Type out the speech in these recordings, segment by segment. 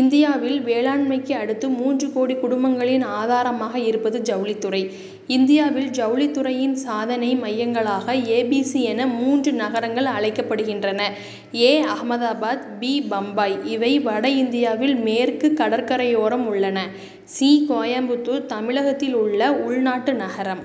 இந்தியாவில், வேளாண்மைக்கு அடுத்து, மூன்று கோடி குடும்பங்களின் ஆதாரமாக இருப்பது ஜவுளித்துறை. இந்தியாவில், ஜவுளித்துறையின் சாதனை மையங்களாக ஏ, பி, சி என மூன்று நகரங்கள் அழைக்கப்படுகின்றன. ஏ- அகமதாபாத், பி- பம்பாய் இவை வடஇந்தியாவில் மேற்கு கடற்கரையோரம் உள்ளன. சி- கோயமுத்தூர் தமிழகத்தில் உள்ள உள்நாட்டு நகரம்.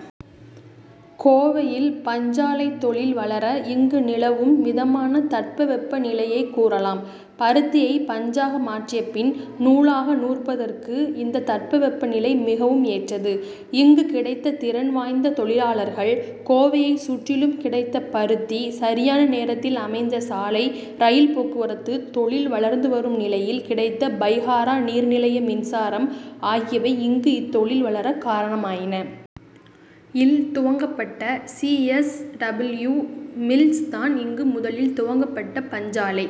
கோவையில் பஞ்சாலைத் தொழில் வளர, இங்கு நிலவும் மிதமான தட்பவெப்பநிலையைக் கூறலாம். பருத்தியை பஞ்சாக மாற்றியபின், நூலாக நூற்பதற்கு இந்த தட்பவெப்பநிலை மிகவும் ஏற்றது. இங்கு கிடைத்த திறன் வாய்ந்த தொழிலாளர்கள், கோவையைச் சுற்றிலும் கிடைத்த பருத்தி, சரியான நேரத்தில் அமைந்த சாலை, ரயில் போக்குவரத்து, தொழில் வளர்ந்துவரும் நிலையில் கிடைத்த பைகாரா நீர்நிலைய மின்சாரம் ஆகியவை இங்கு இத்தொழில் வளர காரணமாயின. ல் துவங்கப்பட்ட சி. எஸ். டபிள்யூ மில்ஸ் தான் இங்கு முதலில் துவங்கப்பட்ட பஞ்சாலை.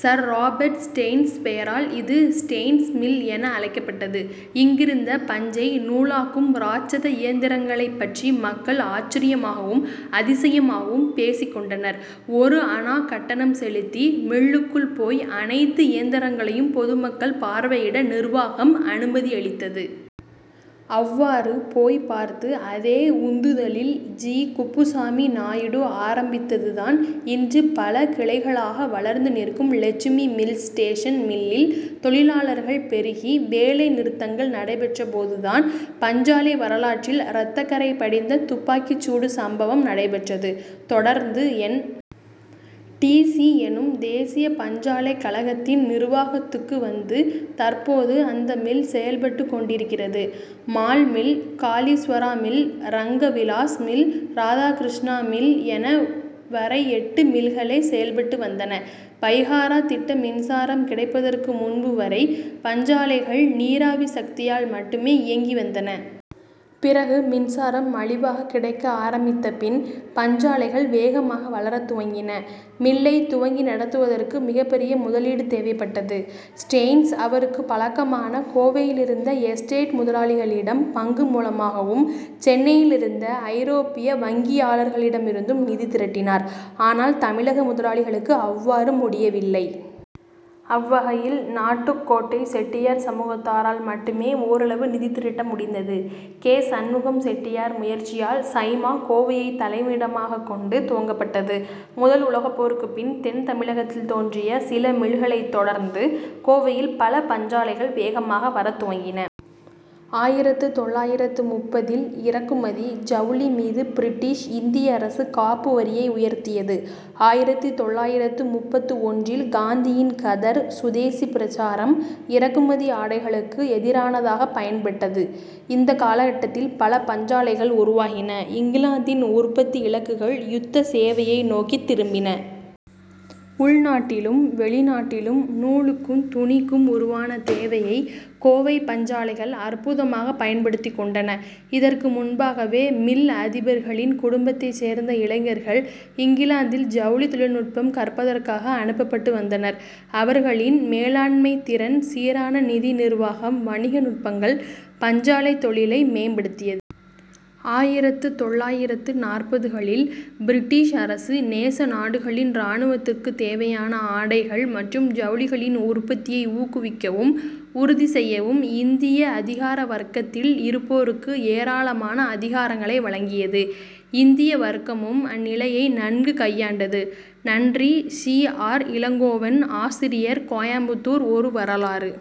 சர். ராபர்ட் ஸ்டேன்ஸ் பெயரால் இது ஸ்டேன்ஸ் மில் என அழைக்கப்பட்டது. இங்கிருந்த, பஞ்சை நூலாக்கும் ராட்சத இயந்திரங்களைப் பற்றி மக்கள் ஆச்சரியமாகவும், அதிசயமாகவும் பேசிக் கொண்டனர். ஒரு அணா கட்டணம் செலுத்தி மில்லுக்குள் போய் அனைத்து இயந்திரங்களையும் பொதுமக்கள் பார்வையிட நிர்வாகம் அனுமதியளித்தது. அவ்வாறு போய் பார்த்து, அதே உந்துதலில் ஜி. குப்புசாமி நாயுடு ஆரம்பித்ததுதான் இன்று பல கிளைகளாக வளர்ந்து நிற்கும் லட்சுமி மில்ஸ். ஸ்டேன்ஸ் மில்லில் தொழிலாளர்கள் பெருகி, வேலை நிறுத்தங்கள் நடைபெற்றபோது தான், பஞ்சாலை வரலாற்றில் ரத்தக்கறை படிந்த துப்பாக்கிச்சூடு சம்பவம் நடைபெற்றது. தொடர்ந்து, என். டி. சி எனும் தேசிய பஞ்சாலை கழகத்தின் நிர்வாகத்துக்கு வந்து, தற்போது அந்த மில் செயல்பட்டுக் கொண்டிருக்கிறது. மால் mill, Kaleeswara mill, Ranga Vilas mill, Radhakrishna mill என வரை எட்டு மில்களே செயல்பட்டு வந்தன. பைகாரா திட்ட மின்சாரம் கிடைப்பதற்கு முன்புவரை பஞ்சாலைகள் நீராவி சக்தியால் மட்டுமே இயங்கி வந்தன. பிறகு மின்சாரம் மலிவாக கிடைக்க ஆரம்பித்த பின் பஞ்சாலைகள் வேகமாக வளரத் துவங்கின. மில்லைத் துவங்கி நடத்துவதற்கு மிகப்பெரிய முதலீடு தேவைப்பட்டது. ஸ்டேன்ஸ், அவருக்குப் பழக்கமான கோவையிலிருந்த எஸ்டேட் முதலாளிகளிடம் பங்கு மூலமாகவும், சென்னையிலிருந்த ஐரோப்பிய வங்கியாளர்களிடமிருந்தும் நிதி திரட்டினார். ஆனால், தமிழக முதலாளிகளுக்கு அவ்வாறு முடியவில்லை. அவ்வகையில், நாட்டுக் கோட்டை செட்டியார் சமூகத்தாரால் மட்டுமே ஓரளவு நிதி திரட்ட முடிந்தது. கே. சண்முகம் செட்டியார் முயற்சியால் சைமா' கோவையைத் தலைமையிடமாகக் கொண்டு துவங்கப்பட்டது. முதல் உலகப் போருக்குப் பின், தென் தமிழகத்தில் தோன்றிய சில மில்களைத் தொடர்ந்து, கோவையில் பல பஞ்சாலைகள் வேகமாக வரத் துவங்கின. ஆயிரத்து தொள்ளாயிரத்து முப்பதில் இறக்குமதி ஜவுளி மீது பிரிட்டிஷ் இந்திய அரசு காப்பு வரியை உயர்த்தியது. ஆயிரத்தி தொள்ளாயிரத்து முப்பத்து ஒன்றில் காந்தியின் கதர், சுதேசி பிரசாரம் இறக்குமதி ஆடைகளுக்கு எதிரானதாகப் பயன்பட்டது. இந்த காலகட்டத்தில் பல பஞ்சாலைகள் உருவாகின. இங்கிலாந்தின் உற்பத்தி இலக்குகள் யுத்த சேவையை நோக்கித் திரும்பின. உள்நாட்டிலும் வெளிநாட்டிலும் நூலுக்கும், துணிக்கும் உருவான தேவையை கோவை பஞ்சாலைகள் அற்புதமாக பயன்படுத்திக் கொண்டன. இதற்கு முன்பாகவே, மில் அதிபர்களின் குடும்பத்தைச் சேர்ந்த இளைஞர்கள் இங்கிலாந்தில் ஜவுளித் தொழில்நுட்பம் கற்பதற்காக அனுப்பப்பட்டு வந்தனர். அவர்களின் மேலாண்மைத் திறன், சீரான நிதி நிர்வாகம், வணிக நுட்பங்கள் பஞ்சாலைத் தொழிலை மேம்படுத்தியது. ஆயிரத்து தொள்ளாயிரத்து நாற்பதுகளில், பிரிட்டிஷ் அரசு, நேச நாடுகளின் ராணுவத்துக்கு தேவையான ஆடைகள் மற்றும் ஜவுளிகளின் உற்பத்தியை ஊக்குவிக்கவும் உறுதி செய்யவும் இந்திய அதிகாரவர்க்கத்தில் இருப்போருக்கு ஏராளமான அதிகாரங்களை வழங்கியது. இந்திய வர்க்கமும் அந்நிலையை நன்கு கையாண்டது. நன்றி சி. ஆர். இளங்கோவன், ஆசிரியர், கோயமுத்தூர் ஒரு வரலாறு.